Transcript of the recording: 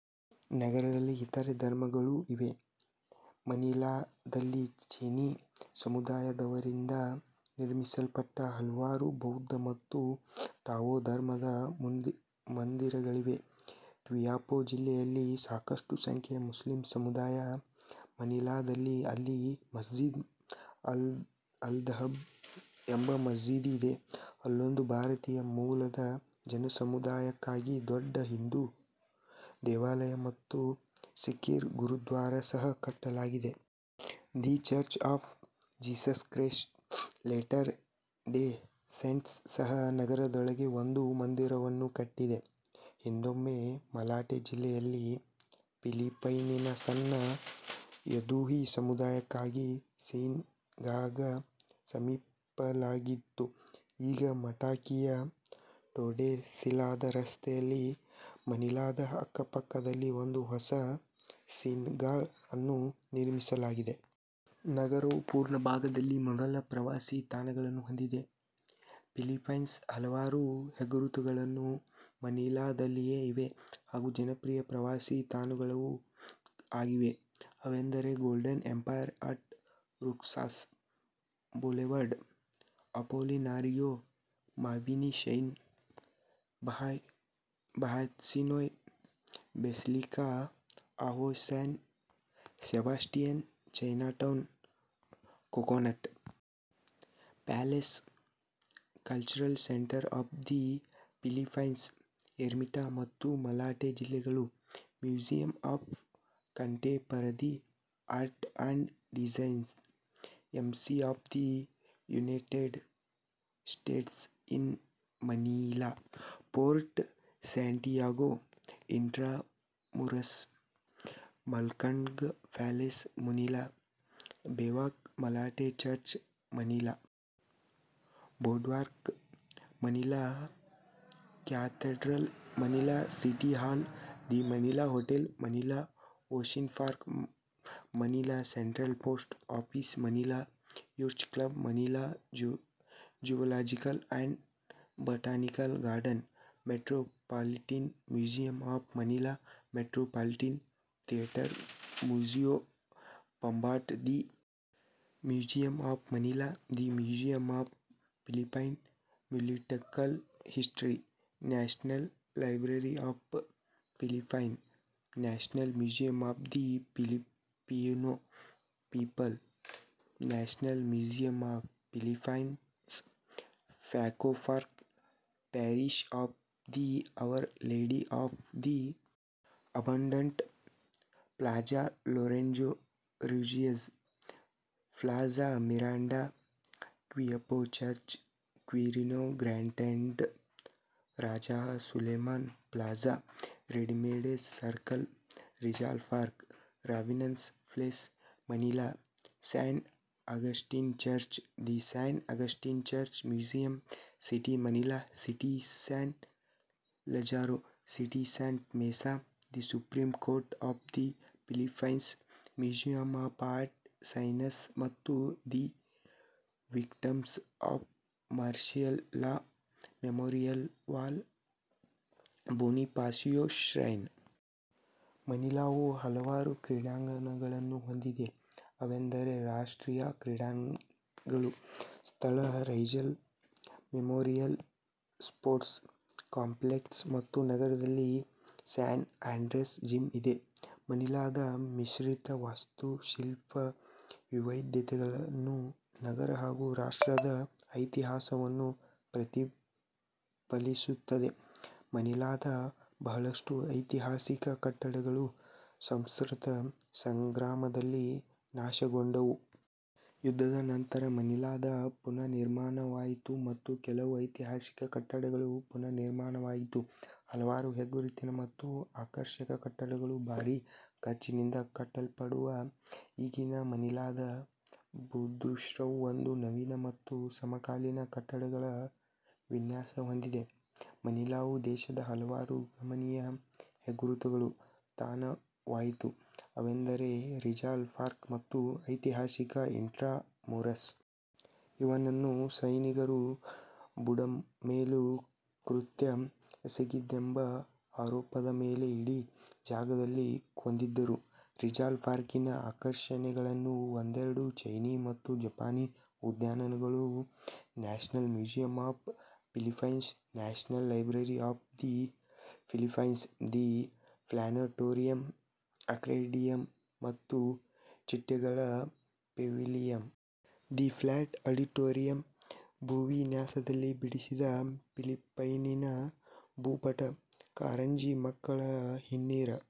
ನಗರದಲ್ಲಿ ಇತರೆ ಧರ್ಮಗಳೂ ಇವೆ. ಮನಿಲಾದಲ್ಲಿ ಚೀನಿ ಸಮುದಾಯದವರಿಂದ ನಿರ್ಮಿಸಲ್ಪಟ್ಟ ಹಲವಾರುಬೌದ್ಧ ಮತ್ತು ಟಾವೋ ಧರ್ಮದ ಮಂದಿರಗಳಿವೆ. ಕ್ವಿಯಾಪೊ ಜಿಲ್ಲೆಯಲ್ಲಿ ಸಾಕಷ್ಟು ಸಂಖ್ಯೆಯ ಮುಸ್ಲಿಂ ಸಮುದಾಯ ಮನಿಲಾದಲ್ಲಿದೆ, ಅಲ್ಲಿ ಮಸ್ಜಿದ್ ಅಲ್-ದಹಬ್ ಎಂಬ ಮಸೀದಿ ಇದೆ. ಅಲ್ಲೊಂದು ಭಾರತೀಯ ಮೂಲದ ಜನಸಮುದಾಯಕ್ಕಾಗಿ ದೊಡ್ಡ ಹಿಂದು ದೇವಾಲಯ ಮತ್ತು ಸಿಖ್ಖರ ಗುರುದ್ವಾರ ಸಹ ಕಟ್ಟಲಾಗಿದೆ. The Church of Jesus Christ Latter Day Saints ಸಹ ನಗರದೊಳಗೆ ಒಂದು ಮಂದಿರವನ್ನು ಕಟ್ಟಿದೆ. ಹಿಂದೊಮ್ಮೆ ಮಲಾಟೆ ಜಿಲ್ಲೆಯಲ್ಲಿ ಫಿಲಿಪ್ಪೈನಿನ ಸಣ್ಣ ಯಹೂದಿ ಸಮುದಾಯಕ್ಕಾಗಿ ಸೀನಗಾಗ್ ನಿರ್ಮಿಸಲಾಗಿತ್ತು. ಈಗ ಮಕಾಟಿಯ ಟೋರ್ಡೆಸಿಲಾಸ್ ರಸ್ತೆಯಲ್ಲಿ, ಮನಿಲಾದ ಅಕ್ಕಪಕ್ಕದಲ್ಲಿ ಒಂದು ಹೊಸ ಸಿನಗಾಗ್ ಅನ್ನು ನಿರ್ಮಿಸಲಾಗಿದೆ. ನಗರವು ಪೂರ್ವಭಾಗದಲ್ಲಿ ಮೊದಲ ಪ್ರವಾಸಿ ತಾಣಗಳನ್ನು ಹೊಂದಿದೆ. ಫಿಲಿಪೈನ್ಸ್ನ ಹಲವಾರು ಹೆಗ್ಗುರುತುಗಳು ಮನಿಲಾದಲ್ಲಿಯೇ ಇವೆ, ಹಾಗೂ ಜನಪ್ರಿಯ ಪ್ರವಾಸೀ ತಾಣಗಳೂ ಆಗಿವೆ. ಅವೆಂದರೆ golden empire at Roxas boulevard, Apolinario Mabini shrine, Bahay Tsinoy, basilica of San Sebastian, Chinatown, coconut palace, cultural centre of the Philippines, Ermita ಮತ್ತು ಮಲಾಟೆ ಜಿಲ್ಲೆಗಳು, museum of contemporary arts and design, embassy of the United States in Manila, Fort Santiago, Intramuros, Malacanang palace, Manila baywalk, Malate church, Manila boardwalk, Manila Cathedral, Manila City Hall, the Manila hotel, Manila ocean park, Manila central post Office, Manila yacht club, Manila zoological and botanical garden, metropolitan museum of Manila, Metropolitan Theater, Museo Pambata, the museum of Manila, the museum of Philippine political history, national library of the Philippines, national museum of the Filipino people, national museum of Philippines, Paco park, parish of the Our Lady of the abandoned, plaza Lorenzo Ruiz, plaza Miranda, Quiapo church, Quirino grandstand, Rajah Sulayman plaza, Remedios circle, Rizal park, Robinsons place Manila, San Agustin church, the San Agustin church museum, city Manila, city San Lazaro, city Santa Mesa, the supreme court of the Philippines, museum of arts and sciences ಮತ್ತು the victims of martial law memorial wall Bonifacio shrine. ಮನಿಲಾವು ಹಲವಾರು ಕ್ರೀಡಾಂಗಣಗಳನ್ನೂ ಹೊಂದಿದೆ ಅವೆಂದರೆ ರಾಷ್ಟ್ರೀಯಾ ಕ್ರೀಡೆಗಳ ಸ್ಥಳ Rizal memorial sports complex ಮತ್ತು ನಗರದಲ್ಲಿ San Andres gym ಇದೆ. ಮನಿಲಾದ ಮಿಶ್ರಿತ ವಾಸ್ತುಶಿಲ್ಪ ವೈವಿದ್ಯತೆಗಳು ನಗರ ಹಾಗೂ ರಾಷ್ಟ್ರದ ಇತಿಹಾಸವನ್ನು ಪ್ರತಿಫಲಿಸುತ್ತದೆ. ಮನಿಲಾದ ಬಹಳಷ್ಟು ಐತಿಹಾಸಿಕ ಕಟ್ಟಡಗಳು ಸ್ವತಂತ್ರ ಸಂಗ್ರಾಮದಲ್ಲಿ ನಾಶಗೊಂಡವು. ಯುದ್ಧದ ನಂತರ ಮನಿಲಾದ ಪುನರ್ನಿರ್ಮಾಣವಾಯಿತು ಮತ್ತು ಕೆಲವು ಐತಿಹಾಸಿಕ ಕಟ್ಟಡಗಳ ಪುನರ್ನಿರ್ಮಾಣವಾಯಿತು. ಹಲವಾರು ಹೆಗ್ಗುರುತಿನ ಮತ್ತು ಆಕರ್ಷಕ ಕಟ್ಟಡಗಳು ಭಾರಿ ಖರ್ಚಿನಿಂದ ಕಟ್ಟಲ್ಪಟ್ಟವು. ಈಗಿನ ಮನಿಲಾದ ಭೂದೃಶ್ಯವು ಒಂದು ನವೀನ ಮತ್ತು ಸಮಕಾಲೀನ ಕಟ್ಟಡಗಳ ವಿನ್ಯಾಸ ಹೊಂದಿದೆ. ಮನಿಲಾವು ದೇಶದ ಹಲವಾರು ಗಮನೀಯ ಹೆಗ್ಗುರುತುಗಳ ತಾಣವಾಗಿತ್ತು, ಅವೆಂದರೆ ರಿಜಾಲ್ ಪಾರ್ಕ್, ಮತ್ತು ಐತಿಹಾಸಿಕ ಇಂಟ್ರಾಮುರಸ್. ಇವನನ್ನು ಸ್ಪೈನಿಗರು ಬುಡಮೇಲು ಕೃತ್ಯ ಎಸಗಿದನೆಂಬ ಆರೋಪದ ಮೇಲೆ ಇದೇ ಜಾಗದಲ್ಲಿ ಕೊಂದಿದ್ದರು. ರಿಜಾಲ್ ಪಾರ್ಕಿನ ಆಕರ್ಷಣೆಗಳಲ್ಲಿ ಒಂದೆಂದರೆ ಚೈನೀ ಮತ್ತು ಜಪಾನೀ ಉದ್ಯಾನಗಳು, national museum of Philippines, national library of the Philippines, the planetarium, orchidarium ಮತ್ತು ಚಿಟ್ಟೆಗಳ ಪೆವಿಲಿಯನ್, ದಿ ಪಾರ್ಕ್ ಆಡಿಟೋರಿಯಂ, ಭೂವಿನ್ಯಾಸದಲ್ಲಿ ಬಿಡಿಸಿದ ಫಿಲಿಪೈನಿನ ಭೂಪಟ, ಕಾರಂಜಿ ಮಕ್ಕಳ ಹಿನ್ನೀರ